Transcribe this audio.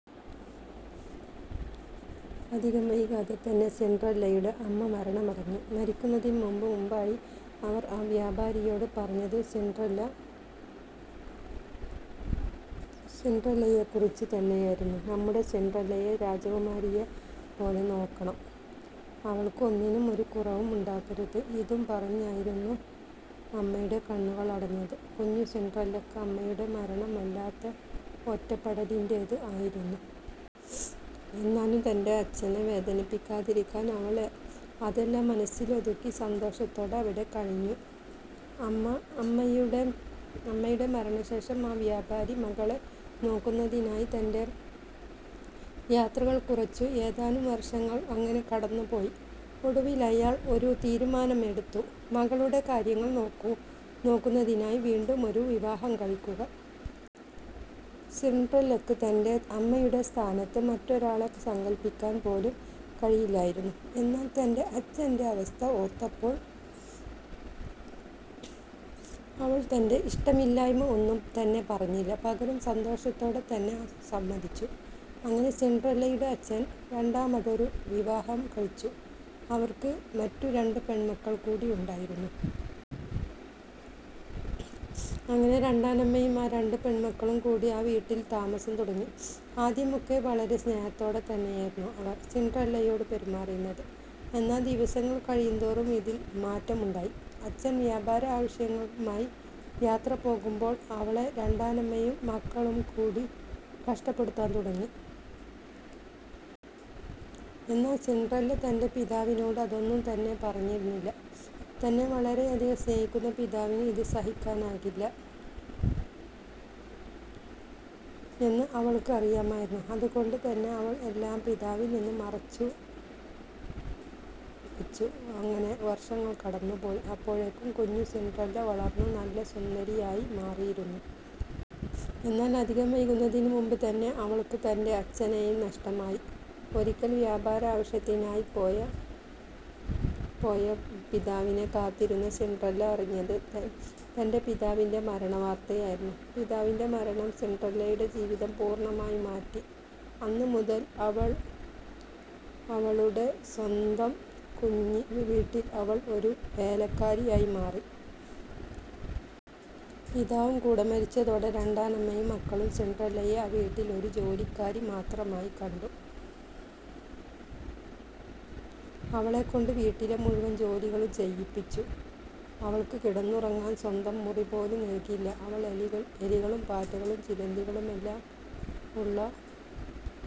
അധികം വൈകാതെ തന്നെ സിൻഡ്രല്ലയുടെ അമ്മ മരണമടഞ്ഞു. മരിക്കുന്നതിനു മുൻപായി അവർ ആ വ്യാപാരിയോട് പറഞ്ഞതും സിൻഡ്രല്ലയെക്കുറിച്ചു തന്നെയായിരുന്നു. "നമ്മുടെ സിൻഡ്രല്ലയെ രാജകുമാരിയെ പോലെ നോക്കണം. അവൾക്ക് ഒന്നിനും ഒരു കുറവും ഉണ്ടാക്കരുത്. " ഇതും പറഞ്ഞായിരുന്നു അമ്മയുടെ കണ്ണുകളടഞ്ഞത്. കുഞ്ഞു സിൻഡ്രല്ലക്ക് അമ്മയുടെ മരണം വല്ലാത്ത ഒറ്റപ്പെടലിന്റേത് ആയിരുന്നു. എന്നാലും തന്റെ അച്ഛനെ വേദനിപ്പിക്കാതിരിക്കാൻ അവൾ അതെല്ലാം മനസ്സിലൊതുക്കി സന്തോഷത്തോടെ അവിടെ കഴിഞ്ഞു. അമ്മയുടെ മരണ ശേഷം ആ വ്യാപാരി മകളെ നോക്കുന്നതിനായി തന്റെ യാത്രകൾ കുറച്ചു. ഏതാനും വർഷങ്ങൾ അങ്ങനെ കടന്നു പോയി. ഒടുവിൽ അയാൾ ഒരു തീരുമാനം എടുത്തു. മകളുടെ കാര്യങ്ങൾ നോക്കുന്നതിനായി വീണ്ടുമൊരു വിവാഹം കഴിക്കുക. സിൻഡ്രല്ലയ്ക്കു തന്റെ അമ്മയുടെ സ്ഥാനത്ത് മറ്റൊരാളെ സങ്കല്പിക്കാൻ പോലും കഴിയില്ലായിരുന്നു. എന്നാൽ തന്റെ അച്ഛന്റെ അവസ്ഥ ഓർത്തപ്പോൾ അവൾ തന്റെ ഇഷ്ടമില്ലായ്മ ഒന്നും തന്നെ പറഞ്ഞില്ല. പകരം സന്തോഷത്തോടെ തന്നെ സമ്മതിച്ചു. അങ്ങനെ സിൻഡ്രല്ലയുടെ അച്ഛൻ രണ്ടാമതൊരു വിവാഹം കഴിച്ചു. അവർക്ക് മറ്റു രണ്ടു പെണ്മക്കൾ കൂടി ഉണ്ടായിരുന്നു. അങ്ങനെ രണ്ടാനമ്മയും ആ രണ്ടു പെൺമക്കളും കൂടി ആ വീട്ടിൽ താമസം തുടങ്ങി. ആദ്യമൊക്കെ വളരെ സ്നേഹത്തോടെ തന്നെയായിരുന്നു അവർ സിൻഡ്രല്ലയോട് പെരുമാറിയിരുന്നത്. എന്നാൽ ദിവസങ്ങൾ കഴിയുന്തോറും ഇതിൽ മാറ്റം ഉണ്ടായി. അച്ഛൻ വ്യാപാര ആവശ്യങ്ങളുമായി യാത്ര പോകുമ്പോൾ അവളെ രണ്ടാനമ്മയും മക്കളും കൂടി കഷ്ടപ്പെടുത്താൻ തുടങ്ങി. എന്നാൽ സിൻഡ്രല്ല തന്റെ പിതാവിനോട് അതൊന്നും തന്നെ പറഞ്ഞിരുന്നില്ല. തന്നെ വളരെയധികം സ്നേഹിക്കുന്ന പിതാവിന് ഇത് സഹിക്കാനാകില്ല എന്ന് അവൾക്ക് അറിയാമായിരുന്നു. അതുകൊണ്ടു തന്നെ അവൾ എല്ലാം പിതാവിൽ നിന്നും മറച്ചു വച്ചു. അങ്ങനെ വർഷങ്ങൾ കടന്നു പോയി. അപ്പോഴേക്കും കുഞ്ഞു സിൻഡ്രല്ല വളർന്ന് നല്ല സുന്ദരിയായി മാറിയിരുന്നു. എന്നാൽ അധികം വൈകുന്നതിന് മുൻപ് തന്നെ അവൾക്ക് തന്റെ അച്ഛനെയും നഷ്ടമായി. ഒരിക്കൽ വ്യാപാര ആവശ്യത്തിനായി പോയ പിതാവിനെ കാത്തിരുന്ന സിൻഡ്രല്ല അറിഞ്ഞത് തന്റെ പിതാവിന്റെ മരണ വാർത്തയായിരുന്നു. പിതാവിന്റെ മരണം സിൻഡ്രല്ലയുടെ ജീവിതം പൂർണമായും മാറ്റി. അന്ന് മുതൽ അവൾ അവളുടെ സ്വന്തം വീട്ടിൽ അവൾ ഒരു വേലക്കാരിയായി മാറി. പിതാവും കൂടെ മരിച്ചതോടെ രണ്ടാനമ്മയും മക്കളും സിൻഡ്രല്ലയെ ആ വീട്ടിൽ ഒരു ജോലിക്കാരി മാത്രമായി കണ്ടു. അവളെ കൊണ്ട് വീട്ടിലെ മുഴുവൻ ജോലികളും ചെയ്യിച്ചു. അവൾക്ക് കിടന്നുറങ്ങാൻ സ്വന്തം മുറി പോലും നൽകിയില്ല. അവൾ എലികളും പാറ്റകളും ചിലന്തികളുമെല്ലാം ഉള്ള